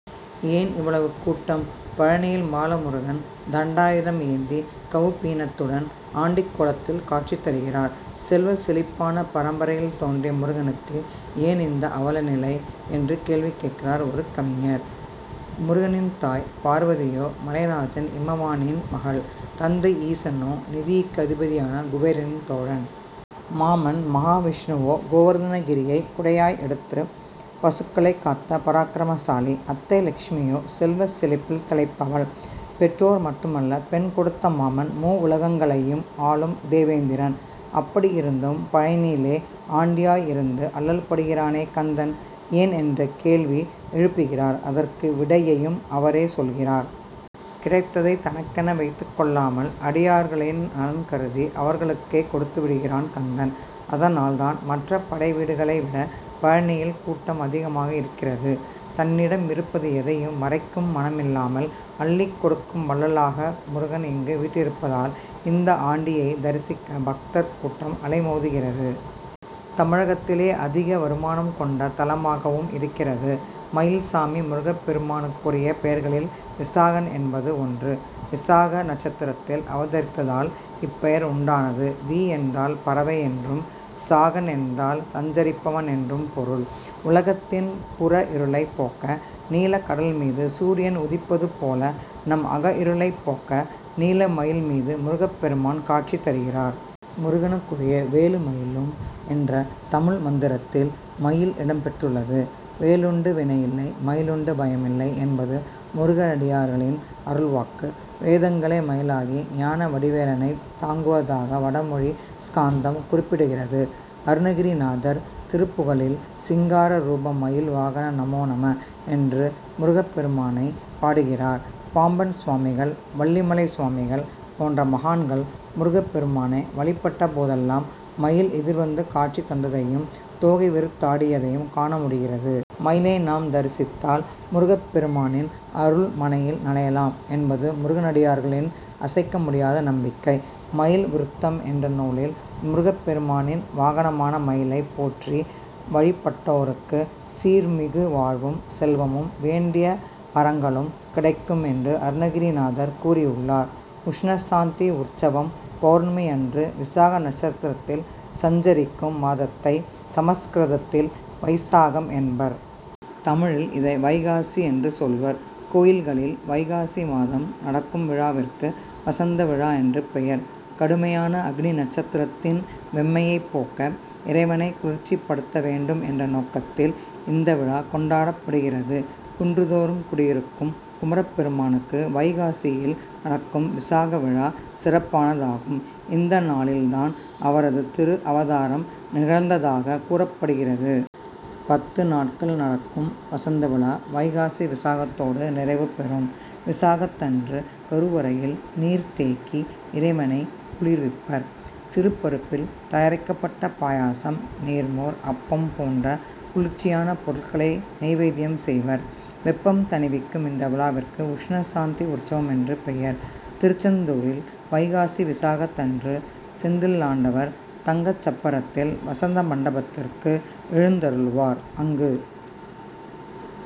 ஏன் இவ்வளவு கூட்டம்? பழநியில் பாலமுருகன் தண்டாயுதம் ஏந்தி கவுபீனத்துடன் ஆண்டிக்கோலத்தில் காட்சி தருகிறார். செல்வச்செழிப்பான பரம்பரையில் தோன்றிய முருகனுக்கு ஏன் இந்த அவலநிலை என்று கேள்வி கேட்கிறார் ஒரு கவிஞர். முருகனின் தாய் பார்வதியோ மலைராஜன் இமவானின் மகள். தந்தை ஈசனோ நிதிக்கு அதிபதியான குபேரனின் தோழன். மாமன் மகாவிஷ்ணுவோ கோவர்த்தனகிரியை குடையாய் எடுத்து பசுக்களைக் காத்த பராக்கிரமசாலி. அத்தை லட்சுமியோ செல்வச் செழிப்பில் திளைப்பவள். பெற்றோர் மட்டுமல்ல. பெண் கொடுத்த மாமன் மூவுலகங்களையும் ஆளும் தேவேந்திரன். அப்படியிருந்தும் பழநியிலே ஆண்டியாய் இருந்து அல்லல்படுகிறானே கந்தன், ஏன் என்ற கேள்வி எழுப்புகிறார். அதற்கு விடையையும் அவரே சொல்கிறார். கிடைத்ததை தனக்கென வைத்துக் கொள்ளாமல் அடியார்களின் நலன் கருதி அவர்களுக்கே கொடுத்து விடுகிறான் கந்தன். அதனால் தான் மற்ற படைவீடுகளை விட பழநியில் கூட்டம் அதிகமாக இருக்கிறது. தன்னிடம் இருப்பது எதையும் மறைக்கும் மனமில்லாமல் அள்ளிக் கொடுக்கும் வள்ளலாக முருகன் இங்கு வீற்றிருப்பதால், இந்த ஆண்டியைத் தரிசிக்க பக்தர் கூட்டம் அலைமோதுகிறது. தமிழகத்திலேயே அதிக வருமானம் கொண்ட தலமாகவும் இருக்கிறது. மயில் சாமி முருகப்பெருமானுக்குரிய பெயர்களில் விசாகன் என்பதும் ஒன்று. விசாக நட்சத்திரத்தில் அவதரித்ததால் இப்பெயர் உண்டானது. வி என்றால் பறவை என்றும், சாகன் என்றால் சஞ்சரிப்பவன் என்றும் பொருள். உலகத்தின் புறஇருளைப் போக்க நீலக்கடல் மீது சூரியன் உதிப்பதுபோல, நம் அகஇருளைப் போக்க நீலமயில் மீது முருகப்பெருமான் காட்சி தருகிறார். முருகனுக்குரிய வேலுமயிலும் என்ற தமிழ் மந்திரத்தில் மயில் இடம்பெற்றுள்ளது. வேலுண்டு வினையில்லை! மயிலுண்டு பயமில்லை! என்பது முருகனடியார்களின் அருள்வாக்கு. வேதங்களே மயிலாகி ஞானவடிவேலனைத் தாங்குவதாக வடமொழி ஸ்காந்தம் குறிப்பிடுகிறது. அருணகிரிநாதர் திருப்புகழில் சிங்கார ரூப மயில் வாகன நமோ நம என்று முருகப்பெருமானைப் பாடுகிறார். பாம்பன் சுவாமிகள், வள்ளிமலை சுவாமிகள் போன்ற மகான்கள் முருகப்பெருமானை வழிபட்டபோதெல்லாம், மயில் எதிர்வந்து காட்சி தந்ததையும், தோகை விரித்தாடியதையும் காணமுடிகிறது. மயிலை நாம் தரிசித்தால் முருகப்பெருமானின் அருள்மழையில் நனையலாம் என்பது முருகனடியார்களின் அசைக்க முடியாத நம்பிக்கை. மயில் விருத்தம் என்ற நூலில் முருகப்பெருமானின் வாகனமான மயிலைப் போற்றி வழிபட்டோருக்கு சீர்மிகு வாழ்வும், செல்வமும், வேண்டிய வரங்களும் கிடைக்கும் என்று அருணகிரிநாதர் கூறியுள்ளார். உஷ்ணசாந்தி உற்சவம் பவுர்ணமியன்று விசாக நட்சத்திரத்தில் சஞ்சரிக்கும் மாதத்தை, சமஸ்கிருதத்தில் வைசாகம் என்பர். தமிழில் இதை வைகாசி என்று சொல்வர். கோயில்களில் வைகாசி மாதம் நடக்கும் விழாவிற்கு வசந்தவிழா என்று பெயர். கடுமையான அக்னிநட்சத்திரத்தின் வெம்மையைப் போக்க, இறைவனை குளிர்ச்சிப்படுத்த வேண்டும் என்ற நோக்கத்தில் இந்த விழா கொண்டாடப்படுகிறது. குன்றுதோறும் குடியிருக்கும் குமரப்பெருமானுக்கு வைகாசியில் நடக்கும் விசாகவிழா சிறப்பானதாகும். இந்தநாளில் தான் அவரது திருஅவதாரம் நிகழ்ந்ததாகக் கூறப்படுகிறது. பத்துநாட்கள் நடக்கும் வசந்தவிழா வைகாசி விசாகத்தோடு நிறைவுபெறும். விசாகத்தன்று, கருவறையில் நீர்தேக்கி இறைவனை குளிர்விப்பர். சிறுபருப்பில் தயாரிக்கப்பட்ட பாயாசம், நீர்மோர், அப்பம் போன்ற குளிர்ச்சியான பொருட்களை நைவேத்யம் செய்வர். வெப்பம் தணிக்கும் இந்த விழாவிற்கு உஷ்ணசாந்தி உற்சவம் என்று பெயர். திருச்செந்தூரில் வைகாசிவிசாகத்தன்று செந்திலாண்டவர் தங்கச்சப்பரத்தில் வசந்தமண்டபத்திற்கு எழுந்தருள்வார். அங்கு